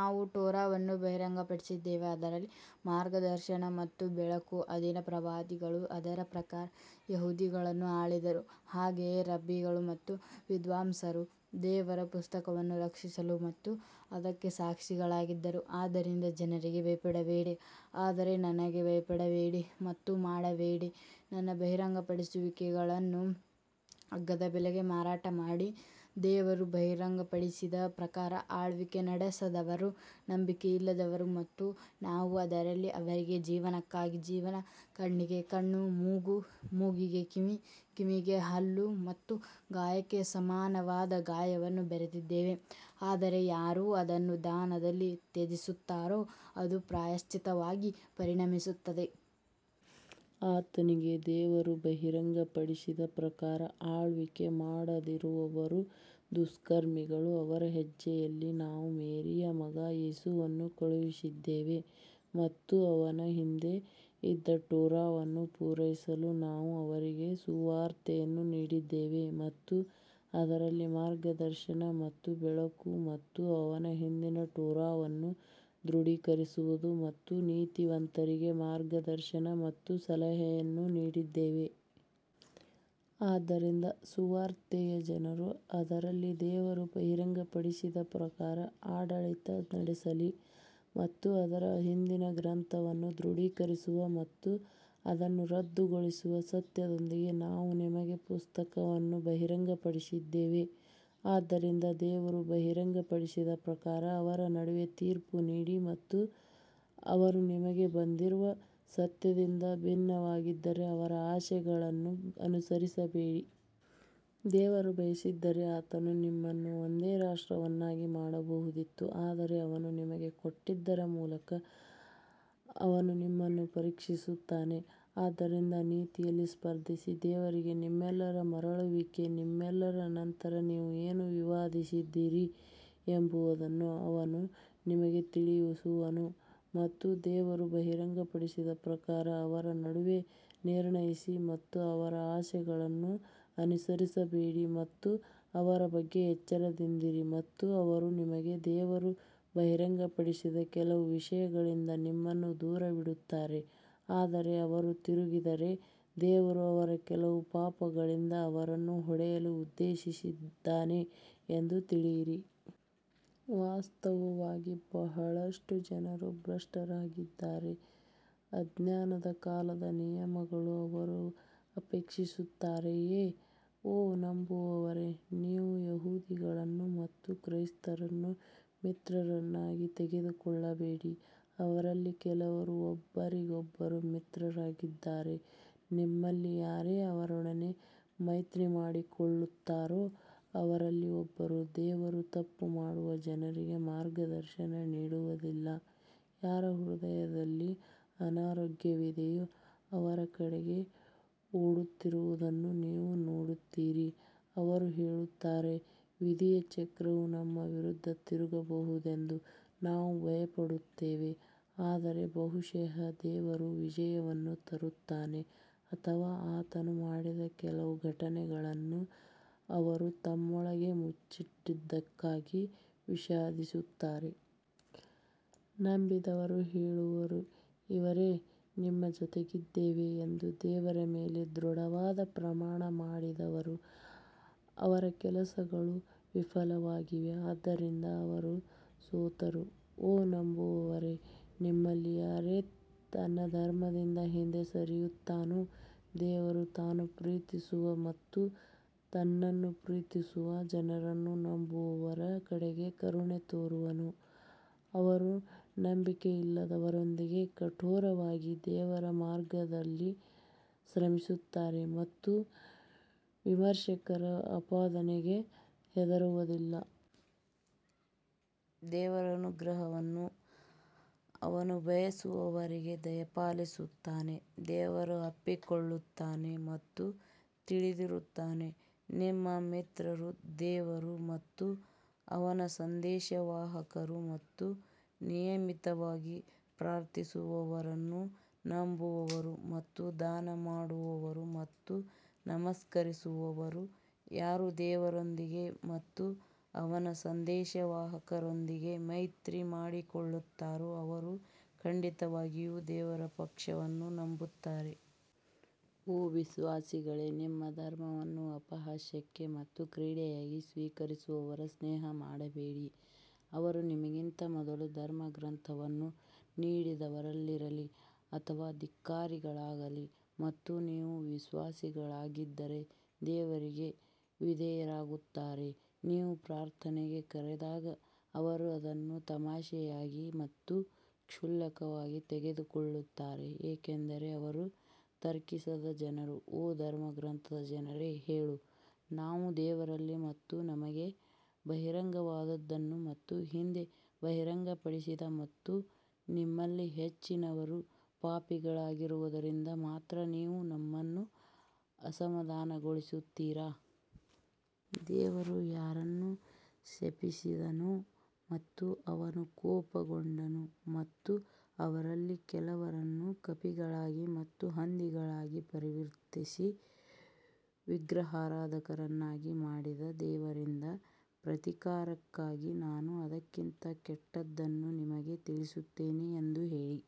ನಾವು ಟೋರಾವನ್ನು ಬಹಿರಂಗಪಡಿಸಿದ್ದೇವೆ ಅದರಲ್ಲಿ ಮಾರ್ಗದರ್ಶನ ಮತ್ತು ಬೆಳಕು ಅಧೀನ ಪ್ರವಾದಿಗಳು ಅದರ ಪ್ರಕಾರ ಯಹೂದಿಗಳನ್ನು ಆಳಿದರು, ಹಾಗೆಯೇ ರಬ್ಬಿಗಳು ಮತ್ತು ವಿದ್ವಾಂಸರು ದೇವರ ಪುಸ್ತಕವನ್ನು ರಕ್ಷಿಸಲು ಮತ್ತು ಅದಕ್ಕೆ ಸಾಕ್ಷಿಗಳಾಗಿದ್ದರು ಆದ್ದರಿಂದ ಜನರಿಗೆ ಭಯಪಡಬೇಡಿ ಆದರೆ ನನಗೆ ಭಯಪಡಬೇಡಿ ಮತ್ತು ಮಾಡಬೇಡಿ. ನನ್ನ ಬಹಿರಂಗಪಡಿಸುವಿಕೆಗಳನ್ನು ಅಗ್ಗದ ಬೆಲೆಗೆ ಮಾರಾಟ ಮಾಡಿ ದೇವರು ಬಹಿರಂಗಪಡಿಸಿದ ಪ್ರಕಾರ ಆಳ್ವಿಕೆ ನಡೆಸದವರು ನಂಬಿಕೆಯಿಲ್ಲದವರು ಮತ್ತು ನಾವು ಅದರಲ್ಲಿ ಅವರಿಗೆ ಜೀವನಕ್ಕಾಗಿ ಜೀವನ, ಕಣ್ಣಿಗೆ ಕಣ್ಣು, ಮೂಗು, ಮೂಗಿಗೆ ಕಿವಿ ಕಿವಿಗೆ ಹಲ್ಲು ಮತ್ತು ಗಾಯಕ್ಕೆ ಸಮಾನವಾದ ಗಾಯವನ್ನು ಬರೆದಿದ್ದೇವೆ ಆದರೆ ಯಾರು ಅದನ್ನು ದಾನದಲ್ಲಿ ತ್ಯಜಿಸುತ್ತಾರೋ ಅದು ಪ್ರಾಯಶ್ಚಿತ್ತವಾಗಿ ಪರಿಣಮಿಸುತ್ತದೆ. ಆತನಿಗೆ ದೇವರು ಬಹಿರಂಗಪಡಿಸಿದ ಪ್ರಕಾರ ಆಳ್ವಿಕೆ ಮಾಡದಿರುವವರು ದುಷ್ಕರ್ಮಿಗಳು ಅವರ ಹೆಜ್ಜೆಯಲ್ಲಿ ನಾವು ಮೇರಿಯ ಮಗ ಯೇಸುವನ್ನು ಕಳುಹಿಸಿದ್ದೇವೆ ಮತ್ತು ಅವನ ಹಿಂದೆ ಇದ್ದ ಟೋರಾವನ್ನು ಪೂರೈಸಲು ನಾವು ಅವರಿಗೆ ಸುವಾರ್ತೆಯನ್ನು ನೀಡಿದ್ದೇವೆ ಮತ್ತು ಅದರಲ್ಲಿ ಮಾರ್ಗದರ್ಶನ ಮತ್ತು ಬೆಳಕು ಮತ್ತು ಅವನ ಹಿಂದಿನ ಟೋರಾವನ್ನು ದೃಢೀಕರಿಸುವುದು ಮತ್ತು ನೀತಿವಂತರಿಗೆ ಮಾರ್ಗದರ್ಶನ ಮತ್ತು ಸಲಹೆಯನ್ನು ನೀಡಿದ್ದೇವೆ. ಆದ್ದರಿಂದ ಸುವಾರ್ತೆಯ ಜನರು ಅದರಲ್ಲಿ ದೇವರು ಬಹಿರಂಗಪಡಿಸಿದ ಪ್ರಕಾರ ಆಡಳಿತ ನಡೆಸಲಿ ಮತ್ತು ಅದರ ಹಿಂದಿನ ಗ್ರಂಥವನ್ನು ದೃಢೀಕರಿಸುವ ಮತ್ತು ಅದನ್ನು ರದ್ದುಗೊಳಿಸುವ ಸತ್ಯದೊಂದಿಗೆ ನಾವು ನಿಮಗೆ ಪುಸ್ತಕವನ್ನು ಬಹಿರಂಗಪಡಿಸಿದ್ದೇವೆ ಆದ್ದರಿಂದ ದೇವರು ಬಹಿರಂಗಪಡಿಸಿದ ಪ್ರಕಾರ ಅವರ ನಡುವೆ ತೀರ್ಪು ನೀಡಿ ಮತ್ತು ಅವರು ನಿಮಗೆ ಬಂದಿರುವ ಸತ್ಯದಿಂದ ಭಿನ್ನವಾಗಿದ್ದರೆ ಅವರ ಆಸೆಗಳನ್ನು ಅನುಸರಿಸಬೇಡಿ. ದೇವರು ಬಯಸಿದ್ದರೆ ಆತನು ನಿಮ್ಮನ್ನು ಒಂದೇ ರಾಷ್ಟ್ರವನ್ನಾಗಿ ಮಾಡಬಹುದಿತ್ತು ಆದರೆ ಅವನು ನಿಮಗೆ ಕೊಟ್ಟದ್ದರ ಮೂಲಕ ಅವನು ನಿಮ್ಮನ್ನು ಪರೀಕ್ಷಿಸುತ್ತಾನೆ ಆದ್ದರಿಂದ ನೀತಿಯಲ್ಲಿ ಸ್ಪರ್ಧಿಸಿ ದೇವರಿಗೆ ನಿಮ್ಮೆಲ್ಲರ ಮರಳುವಿಕೆ ನಿಮ್ಮೆಲ್ಲರ ನಂತರ ನೀವು ಏನು ವಿವಾದಿಸಿದ್ದೀರಿ ಎಂಬುದನ್ನು ಅವನು ನಿಮಗೆ ತಿಳಿಸುವನು. ಮತ್ತು ದೇವರು ಬಹಿರಂಗಪಡಿಸಿದ ಪ್ರಕಾರ ಅವರ ನಡುವೆ ನಿರ್ಣಯಿಸಿ ಮತ್ತು ಅವರ ಆಸೆಗಳನ್ನು ಅನುಸರಿಸಬೇಡಿ ಮತ್ತು ಅವರ ಬಗ್ಗೆ ಎಚ್ಚರದಿಂದಿರಿ ಮತ್ತು ಅವರು ನಿಮಗೆ ದೇವರು ಬಹಿರಂಗಪಡಿಸಿದ ಕೆಲವು ವಿಷಯಗಳಿಂದ ನಿಮ್ಮನ್ನು ದೂರವಿಡುತ್ತಾರೆ ಆದರೆ ಅವರು ತಿರುಗಿದರೆ ದೇವರು ಅವರ ಕೆಲವು ಪಾಪಗಳಿಂದ ಅವರನ್ನು ಹೊಡೆಯಲು ಉದ್ದೇಶಿಸಿದ್ದಾನೆ ಎಂದು ತಿಳಿಯಿರಿ. ವಾಸ್ತವವಾಗಿ ಬಹಳಷ್ಟು ಜನರು ಭ್ರಷ್ಟರಾಗಿದ್ದಾರೆ ಅಜ್ಞಾನದ ಕಾಲದ ನಿಯಮಗಳು ಅವರು ಅಪೇಕ್ಷಿಸುತ್ತಾರೆಯೇ? ಓ ನಂಬುವವರೇ ನೀವು ಯಹೂದಿಗಳನ್ನು ಮತ್ತು ಕ್ರೈಸ್ತರನ್ನು ಮಿತ್ರರನ್ನಾಗಿ ತೆಗೆದುಕೊಳ್ಳಬೇಡಿ ಅವರಲ್ಲಿ ಕೆಲವರು ಒಬ್ಬರಿಗೊಬ್ಬರು ಮಿತ್ರರಾಗಿದ್ದಾರೆ ನಿಮ್ಮಲ್ಲಿ ಯಾರೇ ಅವರೊಡನೆ ಮೈತ್ರಿ ಮಾಡಿಕೊಳ್ಳುತ್ತಾರೋ ಅವರಲ್ಲಿ ಒಬ್ಬರು ದೇವರು ತಪ್ಪು ಮಾಡುವ ಜನರಿಗೆ ಮಾರ್ಗದರ್ಶನ ನೀಡುವುದಿಲ್ಲ ಯಾರ ಹೃದಯದಲ್ಲಿ ಅನಾರೋಗ್ಯವಿದೆಯೋ ಅವರ ಕಡೆಗೆ ಓಡುತ್ತಿರುವುದನ್ನು ನೀವು ನೋಡುತ್ತೀರಿ ಅವರು ಹೇಳುತ್ತಾರೆ, ವಿಧಿಯ ಚಕ್ರವು ನಮ್ಮ ವಿರುದ್ಧ ತಿರುಗಬಹುದೆಂದು ನಾವು ಭಯಪಡುತ್ತೇವೆ ಆದರೆ ಬಹುಶಃ ದೇವರು ವಿಜಯವನ್ನು ತರುತ್ತಾನೆ ಅಥವಾ ಆತನು ಮಾಡಿದ ಕೆಲವು ಘಟನೆಗಳನ್ನು ಅವರು ತಮ್ಮೊಳಗೆ ಮುಚ್ಚಿಟ್ಟದ್ದಕ್ಕಾಗಿ ವಿಷಾದಿಸುತ್ತಾರೆ. ನಂಬಿದವರು ಹೇಳುವರು ಇವರೇ ನಿಮ್ಮ ಜೊತೆಗಿದ್ದೇವೆ ಎಂದು ದೇವರ ಮೇಲೆ ದೃಢವಾದ ಪ್ರಮಾಣ ಮಾಡಿದವರು ಅವರ ಕೆಲಸಗಳು ವಿಫಲವಾಗಿವೆ ಆದ್ದರಿಂದ ಅವರು ಸೋತರು ಓ ನಂಬುವವರೇ, ನಿಮ್ಮಲ್ಲಿ ಯಾರೇ ತನ್ನ ಧರ್ಮದಿಂದ ಹಿಂದೆ ಸರಿಯುತ್ತಾನೋ, ದೇವರು ತಾನು ಪ್ರೀತಿಸುವ ಮತ್ತು ತನ್ನನ್ನು ಪ್ರೀತಿಸುವ ಜನರನ್ನು ನಂಬುವವರ ಕಡೆಗೆ ಕರುಣೆ ತೋರುವನು, ಅವರು ನಂಬಿಕೆಯಿಲ್ಲದವರೊಂದಿಗೆ ಕಠೋರವಾಗಿ ದೇವರ ಮಾರ್ಗದಲ್ಲಿ ಶ್ರಮಿಸುತ್ತಾರೆ ಮತ್ತು ವಿಮರ್ಶಕರ ಆಪಾದನೆಗೆ ಹೆದರುವುದಿಲ್ಲ. ದೇವರ ಅನುಗ್ರಹವನ್ನು ಅವನು ಬಯಸಿದವರಿಗೆ ದಯಪಾಲಿಸುತ್ತಾನೆ ದೇವರು ಅಪ್ಪಿಕೊಳ್ಳುತ್ತಾನೆ ಮತ್ತು ತಿಳಿದಿರುತ್ತಾನೆ ನಿಮ್ಮ ಮಿತ್ರರು ದೇವರು ಮತ್ತು ಅವನ ಸಂದೇಶವಾಹಕರು ಮತ್ತು ನಿಯಮಿತವಾಗಿ ಪ್ರಾರ್ಥಿಸುವವರನ್ನು ನಂಬುವವರು ಮತ್ತು ದಾನ ಮಾಡುವವರು ಮತ್ತು ನಮಸ್ಕರಿಸುವವರು ಯಾರು ದೇವರೊಂದಿಗೆ ಮತ್ತು ಅವನ ಸಂದೇಶವಾಹಕರೊಂದಿಗೆ ಮೈತ್ರಿ ಮಾಡಿಕೊಳ್ಳುತ್ತಾರೋ ಅವರು ಖಂಡಿತವಾಗಿಯೂ ದೇವರ ಪಕ್ಷವನ್ನು ನಂಬುತ್ತಾರೆ. ಓ ವಿಶ್ವಾಸಿಗಳೇ, ನಿಮ್ಮ ಧರ್ಮವನ್ನು ಅಪಹಾಸ್ಯಕ್ಕೆ ಮತ್ತು ಕ್ರೀಡೆಯಾಗಿ ಸ್ವೀಕರಿಸುವವರ ಸ್ನೇಹ ಮಾಡಬೇಡಿ, ಅವರು ನಿಮಗಿಂತ ಮೊದಲು ಧರ್ಮಗ್ರಂಥವನ್ನು ನೀಡಿದವರಲ್ಲಿರಲಿ ಅಥವಾ ಧಿಕ್ಕಾರಿಗಳಾಗಲಿ ಮತ್ತು ನೀವು ವಿಶ್ವಾಸಿಗಳಾಗಿದ್ದರೆ ದೇವರಿಗೆ ವಿಧೇಯರಾಗುತ್ತಾರೆ. ನೀವು ಪ್ರಾರ್ಥನೆಗೆ ಕರೆದಾಗ ಅವರು ಅದನ್ನು ತಮಾಷೆಯಾಗಿ ಮತ್ತು ಕ್ಷುಲ್ಲಕವಾಗಿ ತೆಗೆದುಕೊಳ್ಳುತ್ತಾರೆ ಏಕೆಂದರೆ ಅವರು ತರ್ಕಿಸದ ಜನರು ಓ ಧರ್ಮಗ್ರಂಥದ ಜನರೇ ಹೇಳು, ನಾವು ದೇವರಲ್ಲಿ ಮತ್ತು ನಮಗೆ ಬಹಿರಂಗವಾದದ್ದನ್ನು ಮತ್ತು ಹಿಂದೆ ಬಹಿರಂಗಪಡಿಸಿದ ಮತ್ತು ನಿಮ್ಮಲ್ಲಿ ಹೆಚ್ಚಿನವರು ಪಾಪಿಗಳಾಗಿರುವುದರಿಂದ ಮಾತ್ರ ನೀವು ನಮ್ಮನ್ನು ಅಸಮಾಧಾನಗೊಳಿಸುತ್ತೀರಾ? ದೇವರು ಯಾರನ್ನು ಶಪಿಸಿದನೋ ಮತ್ತು ಅವನು ಕೋಪಗೊಂಡನು ಮತ್ತು ಅವರಲ್ಲಿ ಕೆಲವರನ್ನು ಕಪಿಗಳಾಗಿ ಮತ್ತು ಹಂದಿಗಳಾಗಿ ಪರಿವರ್ತಿಸಿ ವಿಗ್ರಹಾರಾಧಕರನ್ನಾಗಿ ಮಾಡಿದ ದೇವರಿಂದ ಪ್ರತೀಕಾರಕ್ಕಾಗಿ ನಾನು ಅದಕ್ಕಿಂತ ಕೆಟ್ಟದ್ದನ್ನು ನಿಮಗೆ ತಿಳಿಸುತ್ತೇನೆ ಎಂದು ಹೇಳಿ.